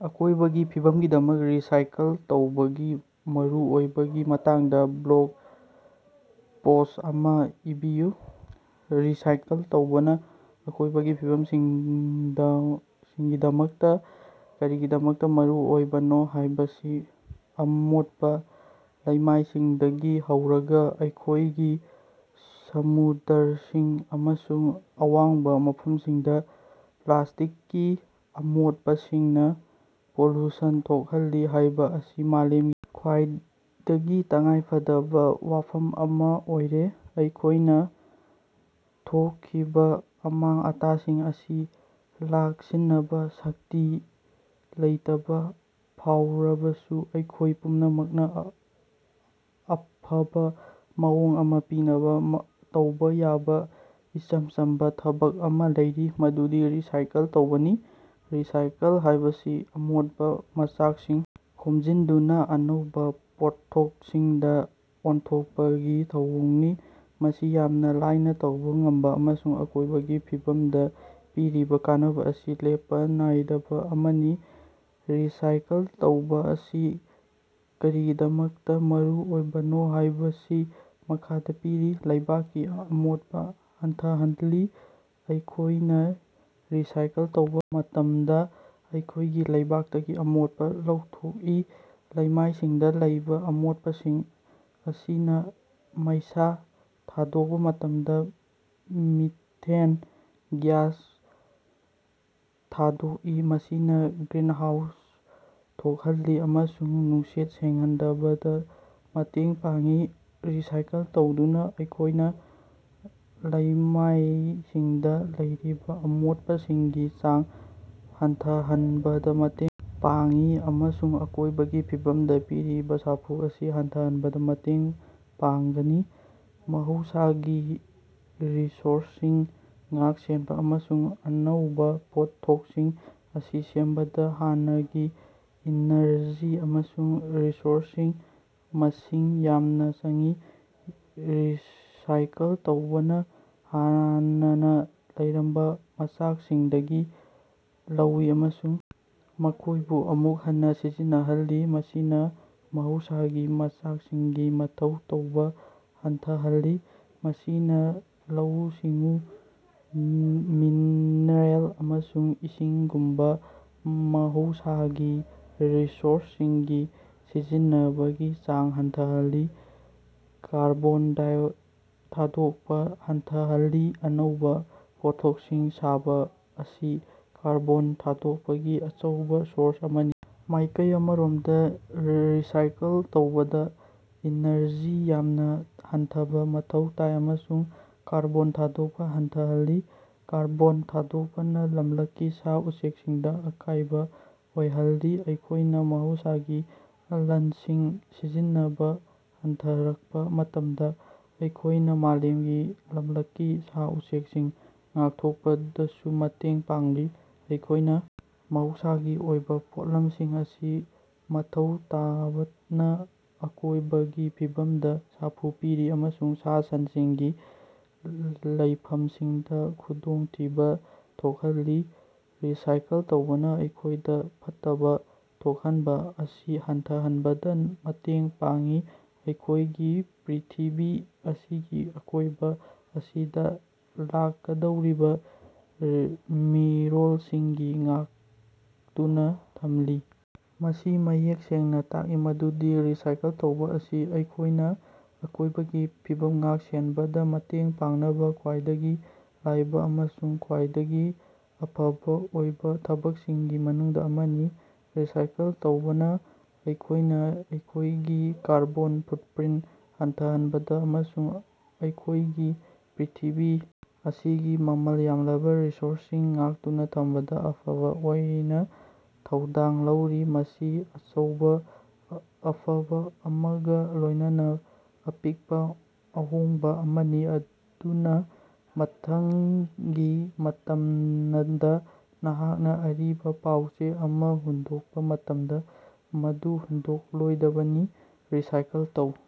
ꯑꯀꯣꯏꯕꯒꯤ ꯐꯤꯕꯝꯒꯤꯗꯃꯛ ꯔꯤꯁꯥꯏꯀꯜ ꯇꯧꯕꯒꯤ ꯃꯔꯨꯑꯣꯏꯕꯒꯤ ꯃꯇꯥꯡꯗ ꯕ꯭ꯂꯣꯒ ꯄꯣꯁꯠ ꯑꯃ ꯏꯕꯤꯌꯨ꯫ ꯔꯤꯁꯥꯏꯀꯜ ꯇꯧꯕꯥꯅ ꯑꯀꯣꯢꯕꯒꯤ ꯐꯤꯕꯝꯒꯤꯗꯃꯛꯇ ꯀꯔꯤꯒꯤꯗꯃꯛꯇ ꯃꯔꯨ ꯑꯣꯏꯕꯅꯣ ꯍꯥꯢꯕꯁꯤ ꯑꯃꯣꯠꯄꯥ ꯂꯩꯃꯥꯏꯁꯤꯡꯗꯒꯤ ꯍꯧꯔꯒ ꯑꯩꯈꯣꯢꯒꯤ ꯁꯃꯨꯗ꯭ꯔꯁꯤꯡ ꯑꯃꯁꯨꯡ ꯑꯋꯥꯡꯕ ꯃꯐꯝꯁꯤꯡꯗ ꯄ꯭ꯂꯥꯁꯇꯤꯛꯀꯤ ꯑꯃꯣꯠꯄꯁꯤꯡꯅ ꯄꯣꯂꯨꯁꯟ ꯊꯣꯛꯍꯜꯂꯤ ꯍꯥꯏꯕ ꯑꯁꯤ ꯃꯥꯂꯦꯝꯒꯤ ꯈ꯭ꯋꯥꯏꯗꯒꯤ ꯇꯉꯥꯏꯐꯗꯕ ꯋꯥꯐꯝ ꯑꯃ ꯑꯣꯏꯔꯦ꯫ ꯑꯩꯈꯣꯢꯅ ꯊꯣꯛꯈꯤꯕ ꯑꯃꯥꯡ-ꯑꯇꯥꯁꯤꯡ ꯑꯁꯤ ꯂꯥꯛꯁꯤꯟꯅꯕ ꯁꯛꯇꯤ ꯂꯩꯇꯕꯥ ꯐꯥꯎꯔꯕꯁꯨ ꯑꯩꯈꯣꯢ ꯄꯨꯝꯅꯃꯛꯅ ꯑꯐꯕ ꯃꯑꯣꯡ ꯑꯃ ꯄꯤꯅꯕ ꯇꯧꯕ ꯌꯥꯕ ꯏꯆꯝ ꯆꯝꯕꯥ ꯊꯕꯛ ꯑꯃ ꯂꯩꯔꯤ ꯃꯗꯨꯗꯤ ꯔꯤꯁꯥꯏꯀꯜ ꯇꯧꯕꯅꯤ꯫ ꯔꯤꯁꯥꯏꯀꯜ ꯍꯥꯏꯕꯁꯤ ꯑꯃꯣꯠꯄ ꯃꯆꯥꯛꯁꯤꯡ ꯈꯣꯝꯖꯤꯟꯗꯨꯅ ꯑꯅꯧꯕ ꯄꯣꯠꯊꯣꯛꯁꯤꯡꯗ ꯑꯣꯟꯊꯣꯛꯄꯒꯤ ꯊꯧꯑꯣꯡꯅꯤ꯫ ꯃꯁꯤ ꯌꯥꯝꯅ ꯂꯥꯢꯅ ꯇꯧꯕ ꯉꯝꯕ ꯑꯃꯁꯨꯡ ꯑꯀꯣꯢꯕꯒꯤ ꯐꯤꯕꯝꯗ ꯄꯤꯔꯤꯕ ꯀꯥꯟꯅꯕ ꯑꯁꯤ ꯂꯦꯞꯄ ꯅꯥꯏꯗꯕ ꯑꯃꯅꯤ꯫ ꯔꯤꯁꯥꯏꯀꯜ ꯇꯧꯕꯥ ꯑꯁꯤ ꯀꯔꯤꯒꯤꯗꯃꯛꯇ ꯃꯔꯨꯑꯣꯏꯕꯅꯣ ꯍꯥꯢꯕꯁꯤ ꯃꯈꯥꯗ ꯄꯤꯔꯤ: ꯂꯩꯕꯥꯛꯀꯤ ꯑꯃꯣꯠꯄ ꯍꯟꯊꯍꯜꯂꯤ ꯑꯩꯈꯣꯢꯅ ꯔꯤꯁꯥꯏꯀꯜ ꯇꯧꯕꯥ ꯃꯇꯝꯗ ꯑꯩꯈꯣꯢꯒꯝꯤ ꯂꯩꯕꯥꯛꯇꯒꯤ ꯑꯃꯣꯠꯄꯥ ꯂꯧꯊꯣꯛꯂꯤ꯫ ꯂꯩꯃꯥꯏꯁꯤꯡꯗ ꯂꯩꯕꯥ ꯑꯃꯣꯠꯄꯁꯤꯡ ꯑꯁꯤꯅ ꯃꯩꯁꯥ ꯊꯥꯗꯣꯛꯄ ꯃꯇꯝꯗ ꯃꯤꯊꯦꯟ ꯒ꯭ꯌꯥꯁ ꯊꯥꯗꯣꯛꯏ ꯃꯁꯤꯅ ꯒ꯭ꯔꯤꯟ ꯍꯥꯎꯁ ꯊꯣꯛꯍꯜꯂꯤ ꯑꯃꯁꯨꯡ ꯅꯨꯡꯁꯤꯠ ꯁꯦꯡꯍꯟꯗꯕꯗ ꯃꯇꯦꯡ ꯄꯥꯡꯏ꯫ ꯔꯤꯁꯥꯏꯀꯜ ꯇꯧꯗꯨꯅ ꯑꯩꯈꯣꯢꯅ ꯂꯩꯃꯥꯏꯁꯤꯡꯗꯥ ꯂꯩꯔꯤꯕꯥ ꯑꯃꯣꯠꯄꯁꯤꯡꯒꯤ ꯆꯥꯡ ꯍꯟꯊꯍꯟꯕꯗ ꯃꯇꯦꯡ ꯄꯥꯡꯏ ꯑꯃꯁꯨꯡ ꯑꯀꯣꯢꯕꯒꯤ ꯐꯤꯕꯝꯗ ꯄꯤꯔꯤꯕ ꯁꯥꯐꯨ ꯑꯁꯤ ꯍꯟꯊꯍꯟꯕꯗ ꯃꯇꯦꯡ ꯄꯥꯡꯒꯅꯤ꯫ ꯃꯍꯧꯁꯥꯒꯤ ꯔꯤꯁꯣꯔꯁꯁꯤꯡ ꯉꯥꯛ ꯁꯦꯟꯕ ꯑꯃꯁꯨꯡ ꯑꯅꯧꯕꯥ ꯄꯣꯠꯊꯣꯛꯁꯤꯡ ꯑꯁꯤ ꯁꯦꯝꯕꯗ ꯍꯥꯟꯅꯒꯤ ꯏꯅꯔꯖꯤ ꯑꯃꯁꯨꯡ ꯔꯤꯁꯣꯔꯁꯁꯤꯡ ꯃꯁꯤꯡ ꯌꯥꯝꯅ ꯆꯪꯏ꯫ ꯔꯤꯁꯥꯏꯀꯜ ꯇꯧꯕꯅꯥ ꯍꯥꯟꯅꯅ ꯂꯩꯔꯝꯕ ꯃꯆꯥꯛꯁꯤꯡꯗꯒꯤ ꯂꯧꯏ ꯑꯃꯁꯨꯡ ꯃꯈꯣꯢꯕꯨ ꯑꯃꯨꯛ ꯍꯟꯅ ꯁꯤꯖꯤꯟꯅꯍꯜꯂꯤ ꯃꯁꯤꯅꯥ ꯃꯍꯧꯁꯥꯒꯤ ꯃꯆꯥꯛꯁꯤꯡꯒꯤ ꯃꯊꯧ ꯇꯧꯕꯥ ꯍꯟꯊꯍꯜꯂꯤ꯫ ꯃꯁꯤꯅꯥ ꯂꯧꯎ-ꯁꯤꯡꯎ, ꯃꯤꯅꯔꯦꯜ ꯑꯃꯁꯨꯡ ꯏꯁꯤꯡꯒꯨꯝꯕꯥ ꯃꯍꯧꯁꯥꯒꯤ ꯔꯤꯁꯣꯔꯁ ꯁꯤꯡꯒꯤ ꯁꯤꯖꯤꯟꯅꯕꯒꯤ ꯆꯥꯡ ꯍꯟꯊꯍꯜꯂꯤ꯫ ꯀꯥꯔꯕꯣꯟꯗꯥꯏ ꯊꯥꯗꯣꯛꯄ ꯍꯟꯊꯍꯜꯂꯤ ꯑꯅꯧꯕꯥ ꯄꯣꯠꯊꯣꯛꯁꯤꯡ ꯁꯥꯕ ꯑꯁꯤ ꯀꯥꯔꯕꯣꯟ ꯊꯥꯗꯣꯛꯄꯒꯤ ꯑꯆꯧꯕꯥ ꯁꯣꯔꯁ ꯑꯃꯅꯤ꯫ ꯃꯥꯢꯀꯩ ꯑꯃꯔꯣꯝꯗ ꯔꯤꯁꯥꯏꯀꯜ ꯇꯧꯕꯗ ꯏꯅꯔꯖꯤ ꯌꯥꯝꯅ ꯍꯟꯊꯕ ꯃꯊꯧ ꯇꯥꯏ ꯑꯃꯁꯨꯡ ꯀꯥꯔꯕꯣꯟ ꯊꯥꯗꯣꯛꯄ ꯍꯟꯊꯍꯜꯂꯤ꯫ ꯀꯥꯔꯕꯣꯟ ꯊꯥꯗꯣꯛꯄꯅ ꯂꯝꯂꯛꯀꯤ ꯁꯥ-ꯎꯆꯦꯛꯁꯤꯡꯗ ꯑꯀꯥꯏꯕ ꯑꯣꯏꯍꯜꯂꯤ ꯑꯩꯈꯣꯢꯅ ꯃꯍꯧꯁꯥꯒꯤ ꯂꯟꯁꯤꯡ ꯁꯤꯖꯤꯟꯅꯕꯥ ꯍꯟꯊꯔꯛꯄ ꯃꯇꯝꯗ ꯑꯩꯈꯣꯢꯅ ꯃꯥꯂꯦꯝꯒꯤ ꯂꯝꯂꯛꯀꯤ ꯁꯥ-ꯎꯆꯦꯛꯁꯤꯡ ꯉꯥꯛꯊꯣꯛꯄꯗꯁꯨ ꯃꯇꯦꯡ ꯄꯥꯡꯂꯤ꯫ ꯑꯩꯈꯣꯢꯅ ꯃꯍꯧꯁꯥꯒꯤ ꯑꯣꯏꯕ ꯄꯣꯠꯂꯝꯁꯤꯡ ꯑꯁꯤ ꯃꯊꯧ ꯇꯥꯕꯅ ꯑꯀꯣꯏꯕꯒꯤ ꯐꯤꯕꯝꯗ ꯁꯥꯐꯨ ꯄꯤꯔꯤ ꯑꯃꯁꯨꯡ ꯁꯥ-ꯁꯟꯁꯤꯡꯒꯤ ꯂꯩꯐꯝꯁꯤꯡꯗ ꯈꯨꯗꯣꯡꯊꯤꯕ ꯊꯣꯛꯍꯜꯂꯤ꯫ ꯔꯤꯁꯥꯏꯀꯜ ꯇꯧꯕꯅ ꯑꯩꯈꯣꯢꯗ ꯐꯠꯇꯕ ꯊꯣꯛꯍꯟꯕ ꯑꯁꯤ ꯍꯟꯊꯍꯟꯕꯗ ꯃꯇꯦꯡ ꯄꯥꯡꯏ ꯑꯩꯈꯣꯢꯒꯤ ꯄ꯭ꯔꯤꯊꯤꯕꯤ ꯑꯁꯤꯒꯤ ꯑꯀꯣꯏꯕ ꯑꯁꯤꯗ ꯂꯥꯛꯀꯗꯧꯔꯤꯕ ꯃꯤꯔꯣꯜꯁꯤꯡꯒꯤ ꯉꯥꯛꯇꯨꯅ ꯊꯝꯂꯤ꯫ ꯃꯁꯤ ꯃꯌꯦꯛ ꯁꯦꯡꯅ ꯇꯥꯛꯏ ꯃꯗꯨꯗꯤ ꯔꯤꯁꯥꯏꯀꯜ ꯇꯧꯕꯥ ꯑꯁꯤ ꯑꯩꯈꯣꯢꯅꯥ ꯑꯀꯣꯢꯕꯒꯤ ꯐꯤꯕꯝ ꯉꯥꯛ-ꯁꯦꯟꯕꯗ ꯃꯇꯦꯡ ꯄꯥꯡꯅꯕꯥ ꯈ꯭ꯋꯥꯏꯗꯒꯤ ꯂꯥꯢꯕ ꯑꯃꯁꯨꯡ ꯈ꯭ꯋꯥꯏꯗꯒꯤ ꯑꯐꯕ ꯑꯣꯏꯕ ꯊꯕꯛꯁꯤꯡꯒꯤ ꯃꯅꯨꯡꯗ ꯑꯃꯅꯤ꯫ ꯔꯤꯁꯥꯏꯀꯜ ꯇꯧꯕꯥꯅ ꯑꯩꯈꯣꯢꯅ ꯑꯩꯈꯣꯢꯒꯤ ꯀꯥꯔꯕꯣꯟ ꯐꯨꯠꯄ꯭ꯔꯤꯟꯇ ꯍꯟꯊꯍꯟꯕꯗ ꯑꯃꯁꯨꯡ ꯑꯩꯈꯣꯢꯒꯤ ꯄ꯭ꯔꯤꯊꯤꯕꯤ ꯑꯁꯤꯒꯤ ꯃꯃꯜ ꯌꯥꯝꯂꯕ ꯔꯤꯁꯣꯔꯁꯁꯤꯡ ꯉꯥꯛꯇꯨꯅ ꯊꯝꯕꯗ ꯑꯐꯕ ꯑꯣꯏꯅ ꯊꯧꯗꯥꯡ ꯂꯧꯔꯤ꯫ ꯃꯁꯤ ꯑꯆꯧꯕꯥ ꯑꯐꯕ ꯑꯃꯒ ꯂꯣꯢꯅꯅꯥ ꯑꯄꯤꯛꯄ ꯑꯍꯣꯡꯕ ꯑꯃꯅꯤ꯫ ꯑꯗꯨꯅꯥ ꯃꯊꯪꯒꯤ ꯃꯇꯝꯗ ꯅꯍꯥꯛꯅ ꯑꯔꯤꯕ ꯄꯥꯎ-ꯆꯦ ꯑꯃ ꯍꯨꯟꯗꯣꯛꯄ ꯃꯇꯝꯗ ꯃꯗꯨ ꯍꯨꯟꯗꯣꯛꯂꯣꯏꯗꯕꯅꯤ ꯔꯤꯁꯥꯏꯀꯜ ꯇꯧ꯫